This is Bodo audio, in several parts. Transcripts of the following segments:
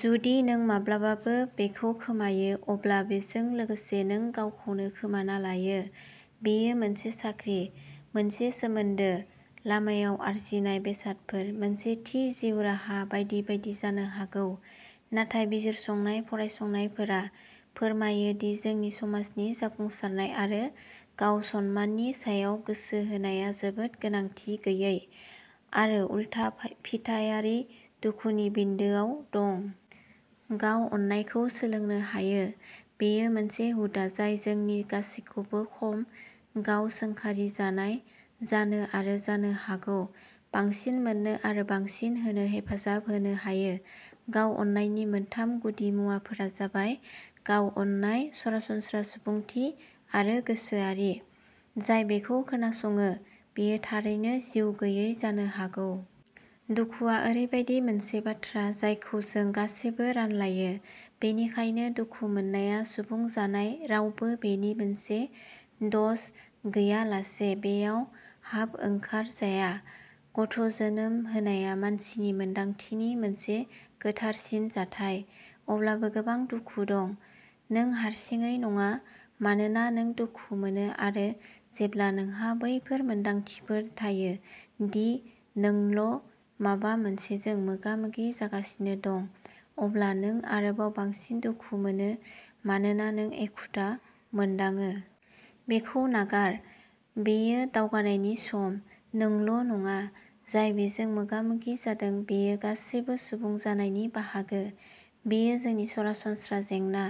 जुदि नों माब्लाबाबो बेखौ खोमायो, अब्ला बेजों लोगोसे नों गावखौनो खोमाना लायो। बेयो मोनसे साख्रि, मोनसे सोमोन्दो, लामायाव आरजिनाय बेसादफोर, मोनसे थि जिउ राहा बायदि बायदि जानो हागौ। नाथाय बिजिरसंनाय फरायसंनायफोरा फोरमायो दि जोंनि समाजनि जाफुंसारनाय आरो गाव-सनमाननि सायाव गोसो होनाया जोबोद गोनांथि गैयै आरो उलथा-फिथायारि दुखुनि बिन्दोआव दं। गाव-अननायखौ सोलोंनो हायो। बेयो मोनसे हुदा जाय जोंनि गासैखौबो खम गाव-सोंखारिजानाय जानो आरो जानो हागौ बांसिन मोननो आरो बांसिन होनो हेफाजाब होनो हायो। गाव-अननायनि मोनथाम गुदिमुवाफोरा जाबायः गाव-अननाय, सरासनस्रा सुबुंथि आरो गोसोआरि। जाय बेखौ खोनासङो, बियो थारैनो जिउगैयै जानो हागौ। दुखुआ ओरैबायदि मोनसे बाथ्रा जायखौ जों गासैबो रानलायो, बेनिखायनो दुखु मोननाया सुबुं जानाय-रावबो बेनि मोनसे द'ज गैयालासे बेयाव हाब-ओंखार जाया। गथ'जोनोम होनाया मानसिनि मोनदांथिनि मोनसे गोथारसिन जाथाय, अब्लाबो गोबां दुखु दं। नों हारसिङै नङा मानोना नों दुखु मोनो आरो जेब्ला नोंहा बैफोर मोनदांथिफोर थायो दि नोंल'माबा मोनसेजों मोगा-मोगि जागासिनो दं, अब्ला नों आरोबाव बांसिन दुखु मोनो मानोना नों एखुथा मोनदाङो। बेखौ नागार। बेयो दावगानायनि सम। नोंल'नङा जाय बेजों मोगा-मोगि जादों। बेयो गासैबो सुबुं जानायनि बाहागो। बेयो जोंनि सरासनस्रा जेंना।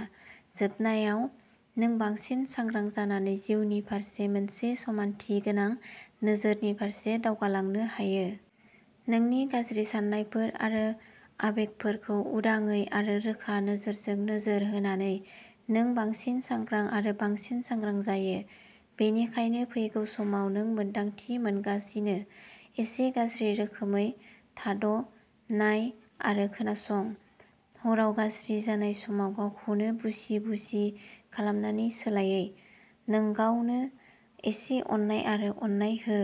जोबनायाव, नों बांसिन सांग्रां जानानै जिउनि फारसे मोनसे समानथि गोनां नोजोरनि फारसे दावगालांनो हायो। नोंनि गाज्रि साननायफोर आरो आबेगफोरखौ उदाङै आरो रोखा नोजोरजों नोजोर होनानै, नों बांसिन सांग्रां आरो बांसिन सांग्रां जायो। बेनिखायनो फैगौ समाव नों मोन्दांथि मोनगासिनो। एसे गाज्रि रोखोमै, थाद ', नाय, आरो खोनासं। हराव गाज्रि जानाय समाव गावखौनो बुसि-बुसि खालामनायनि सोलायै, नोंगावनो एसे अननाय आरो अननाय हो।